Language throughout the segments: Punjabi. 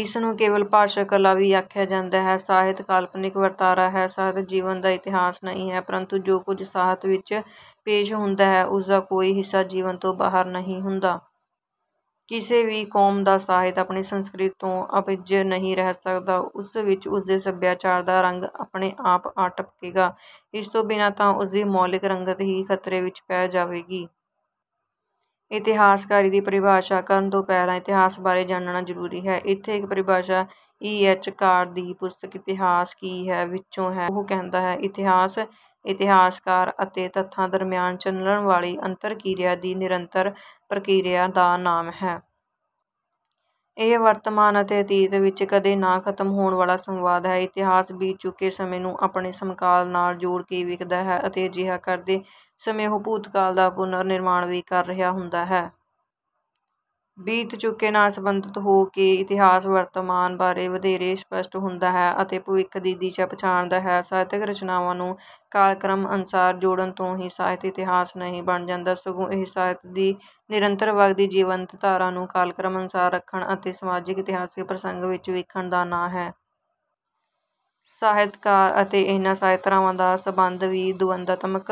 ਇਸ ਨੂੰ ਕੇਵਲ ਭਾਸ਼ਕ ਕਲਾ ਵੀ ਆਖਿਆ ਜਾਂਦਾ ਹੈ। ਸਾਹਿਤ ਕਾਲਪਨਿਕ ਵਰਤਾਰਾ ਹੈ, ਸਾਹਿਤ ਜੀਵਨ ਦਾ ਇਤਿਹਾਸ ਨਹੀਂ ਹੈ, ਪ੍ਰੰਤੂ ਜੋ ਕੁਝ ਸਾਹਿਤ ਵਿੱਚ ਪੇਸ਼ ਹੁੰਦਾ ਹੈ ਉਸ ਦਾ ਕੋਈ ਹਿੱਸਾ ਜੀਵਨ ਤੋਂ ਬਾਹਰ ਨਹੀਂ ਹੁੰਦਾ। ਕਿਸੇ ਵੀ ਕੌਮ ਦਾ ਸਾਹਿਤ ਆਪਣੀ ਸੰਸਕ੍ਰਿਤੀ ਤੋਂ ਅਭਿੱਜ ਨਹੀਂ ਰਹਿ ਸਕਦਾ, ਉਸ ਵਿੱਚ ਉਸਦੇ ਸੱਭਿਆਚਾਰ ਦਾ ਰੰਗ ਆਪਣੇ ਆਪ ਆ ਟਪਕੇਗਾ। ਇਸ ਤੋਂ ਬਿਨਾਂ ਤਾਂ ਉਸਦੀ ਮੌਲਿਕ ਰੰਗਤ ਹੀ ਖਤਰੇ ਵਿੱਚ ਪੈ ਜਾਵੇਗੀ। ਇਤਿਹਾਸਕਾਰੀ ਦੀ ਪਰਿਭਾਸ਼ਾ ਕਰਨ ਤੋਂ ਪਹਿਲਾਂ ਇਤਿਹਾਸ ਬਾਰੇ ਜਾਣਨਾ ਜ਼ਰੂਰੀ ਹੈ। ਇੱਥੇ ਇੱਕ ਪਰਿਭਾਸ਼ਾ ਈ. ਐੱਚ. ਕਾਰ ਦੀ ਪੁਸਤਕ 'ਇਤਿਹਾਸ ਕੀ ਹੈ' ਵਿੱਚੋਂ ਹੈ, ਉਹ ਕਹਿੰਦਾ ਹੈ, "ਇਤਿਹਾਸ ਇਤਿਹਾਸਕਾਰ ਅਤੇ ਤੱਥਾਂ ਦਰਮਿਆਨ ਚੱਲਣ ਵਾਲੀ ਅੰਤਰ-ਕਿਰਿਆ ਦੀ ਨਿਰੰਤਰ ਪ੍ਰਕਿਰਿਆ ਦਾ ਨਾਮ ਹੈ। ਇਹ ਵਰਤਮਾਨ ਅਤੇ ਅਤੀਤ ਵਿੱਚ ਕਦੇ ਨਾ ਖਤਮ ਹੋਣ ਵਾਲਾ ਸੰਵਾਦ ਹੈ।" ਇਤਿਹਾਸ ਬੀਤ ਚੁੱਕੇ ਸਮੇਂ ਨੂੰ ਆਪਣੇ ਸਮਕਾਲ ਨਾਲ ਜੋੜ ਕੇ ਵੇਖਦਾ ਹੈ ਅਤੇ ਅਜਿਹਾ ਕਰਦੇ ਸਮੇਂ ਉਹ ਭੂਤਕਾਲ ਦਾ ਪੁਨਰ-ਨਿਰਮਾਣ ਵੀ ਕਰ ਰਿਹਾ ਹੁੰਦਾ ਹੈ। ਬੀਤ ਚੁੱਕੇ ਨਾਲ ਸਬੰਧਤ ਹੋ ਕੇ ਇਤਿਹਾਸ ਵਰਤਮਾਨ ਬਾਰੇ ਵਧੇਰੇ ਸਪਸ਼ਟ ਹੁੰਦਾ ਹੈ ਅਤੇ ਭਵਿੱਖ ਦੀ ਦਿਸ਼ਾ ਪਛਾਣਦਾ ਹੈ। ਸਾਹਿਤਕ ਰਚਨਾਵਾਂ ਨੂੰ ਕਾਲਕ੍ਰਮ ਅਨੁਸਾਰ ਜੋੜਨ ਤੋਂ ਹੀ ਸਾਹਿਤ ਇਤਿਹਾਸ ਨਹੀਂ ਬਣ ਜਾਂਦਾ, ਸਗੋਂ ਇਹ ਸਾਹਿਤ ਦੀ ਨਿਰੰਤਰ ਵਗਦੀ ਜੀਵੰਤ ਧਾਰਾ ਨੂੰ ਕਾਲਕ੍ਰਮ ਅਨੁਸਾਰ ਰੱਖਣ ਅਤੇ ਸਮਾਜਿਕ-ਇਤਿਹਾਸਕ ਪ੍ਰਸੰਗ ਵਿੱਚ ਵੇਖਣ ਦਾ ਨਾਂ ਹੈ। ਸਾਹਿਤਕਾਰ ਅਤੇ ਇਹਨਾਂ ਸਾਹਿਤ ਧਾਰਾਵਾਂ ਦਾ ਸਬੰਧ ਵੀ ਦੁਵੰਦਾਤਮਕ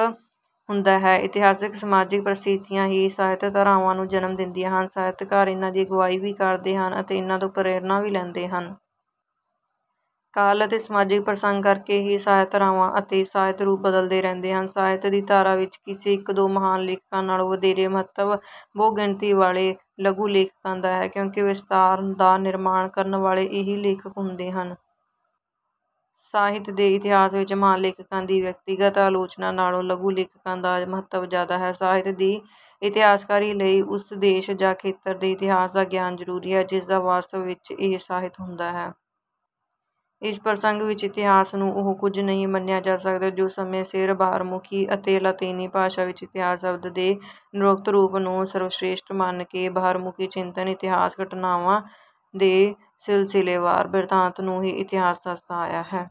ਹੁੰਦਾ ਹੈ। ਇਤਿਹਾਸਕ-ਸਮਾਜਿਕ ਪ੍ਰਸਥਿਤੀਆਂ ਹੀ ਸਾਹਿਤ ਧਾਰਾਵਾਂ ਨੂੰ ਜਨਮ ਦਿੰਦੀਆਂ ਹਨ। ਸਾਹਿਤਕਾਰ ਇਨ੍ਹਾਂ ਦੀ ਅਗਵਾਈ ਵੀ ਕਰਦੇ ਹਨ, ਅਤੇ ਇਨ੍ਹਾਂ ਤੋਂ ਪ੍ਰੇਰਨਾ ਵੀ ਲੈਂਦੇ ਹਨ। ਕਾਲ ਅਤੇ ਸਮਾਜਿਕ ਪ੍ਰਸੰਗ ਕਰਕੇ ਹੀ ਸਾਹਿਤ ਧਾਰਾਵਾਂ ਅਤੇ ਸਾਹਿਤ ਰੂਪ ਬਦਲਦੇ ਰਹਿੰਦੇ ਹਨ। ਸਾਹਿਤ ਦੀ ਧਾਰਾ ਵਿੱਚ ਕਿਸੇ ਇੱਕ-ਦੋ ਮਹਾਨ ਲੇਖਕਾਂ ਨਾਲੋਂ ਵਧੇਰੇ ਮਹੱਤਵ ਬਹੁ-ਗਿਣਤੀ ਵਾਲੇ ਲਘੂ ਲੇਖਕਾਂ ਦਾ ਹੈ, ਕਿਉਂਕਿ ਵਿਸਤਾਰ ਦਾ ਨਿਰਮਾਣ ਕਰਨ ਵਾਲੇ ਇਹੀ ਲੇਖਕ ਹੁੰਦੇ ਹਨ। ਸਾਹਿਤ ਦੇ ਇਤਿਹਾਸ ਵਿੱਚ ਮਹਾਨ ਲੇਖਕਾਂ ਦੀ ਵਿਅਕਤੀਗਤ ਆਲੋਚਨਾ ਨਾਲੋਂ ਲਘੂ ਲੇਖਕਾਂ ਦਾ ਮਹੱਤਵ ਜ਼ਿਆਦਾ ਹੈ। ਸਾਹਿਤ ਦੀ ਇਤਿਹਾਸਕਾਰੀ ਲਈ ਉਸ ਦੇਸ਼ ਜਾਂ ਖੇਤਰ ਦੇ ਇਤਿਹਾਸ ਦਾ ਗਿਆਨ ਜ਼ਰੂਰੀ ਹੈ ਜਿਸ ਦਾ ਵਾਸਤਵ ਵਿੱਚ ਇਹ ਸਾਹਿਤ ਹੁੰਦਾ ਹੈ। ਇਸ ਪ੍ਰਸੰਗ ਵਿੱਚ ਇਤਿਹਾਸ ਨੂੰ ਉਹ ਕੁਝ ਨਹੀਂ ਮੰਨਿਆ ਜਾ ਸਕਦਾ ਜੋ ਸਮੇਂ ਸਿਰ ਬਾਹਰਮੁਖੀ ਅਤੇ ਲਾਤੀਨੀ ਭਾਸ਼ਾ ਵਿੱਚ ਇਤਿਹਾਸ ਸ਼ਬਦ ਦੇ ਨਿਰੁਕਤ ਰੂਪ ਨੂੰ ਸਰਵਸ੍ਰੇਸ਼ਟ ਮੰਨ ਕੇ ਬਾਹਰਮੁਖੀ ਚਿੰਤਨ, ਇਤਿਹਾਸ ਘਟਨਾਵਾਂ ਦੇ ਸਿਲਸਿਲੇਵਾਰ ਬਿਰਤਾਂਤ ਨੂੰ ਹੀ ਇਤਿਹਾਸ ਦੱਸਦਾ ਆਇਆ ਹੈ।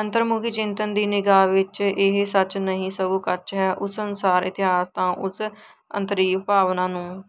ਅੰਤਰਮੁਖੀ ਚਿੰਤਨ ਦੀ ਨਿਗਾਹ ਵਿੱਚ ਇਹ ਸੱਚ ਨਹੀਂ ਸਗੋਂ ਕੱਚ ਹੈ। ਉਸ ਅਨੁਸਾਰ ਇਤਿਹਾਸ ਤਾਂ ਉਸ ਅੰਤਰੀਵ ਭਾਵਨਾ ਨੂੰ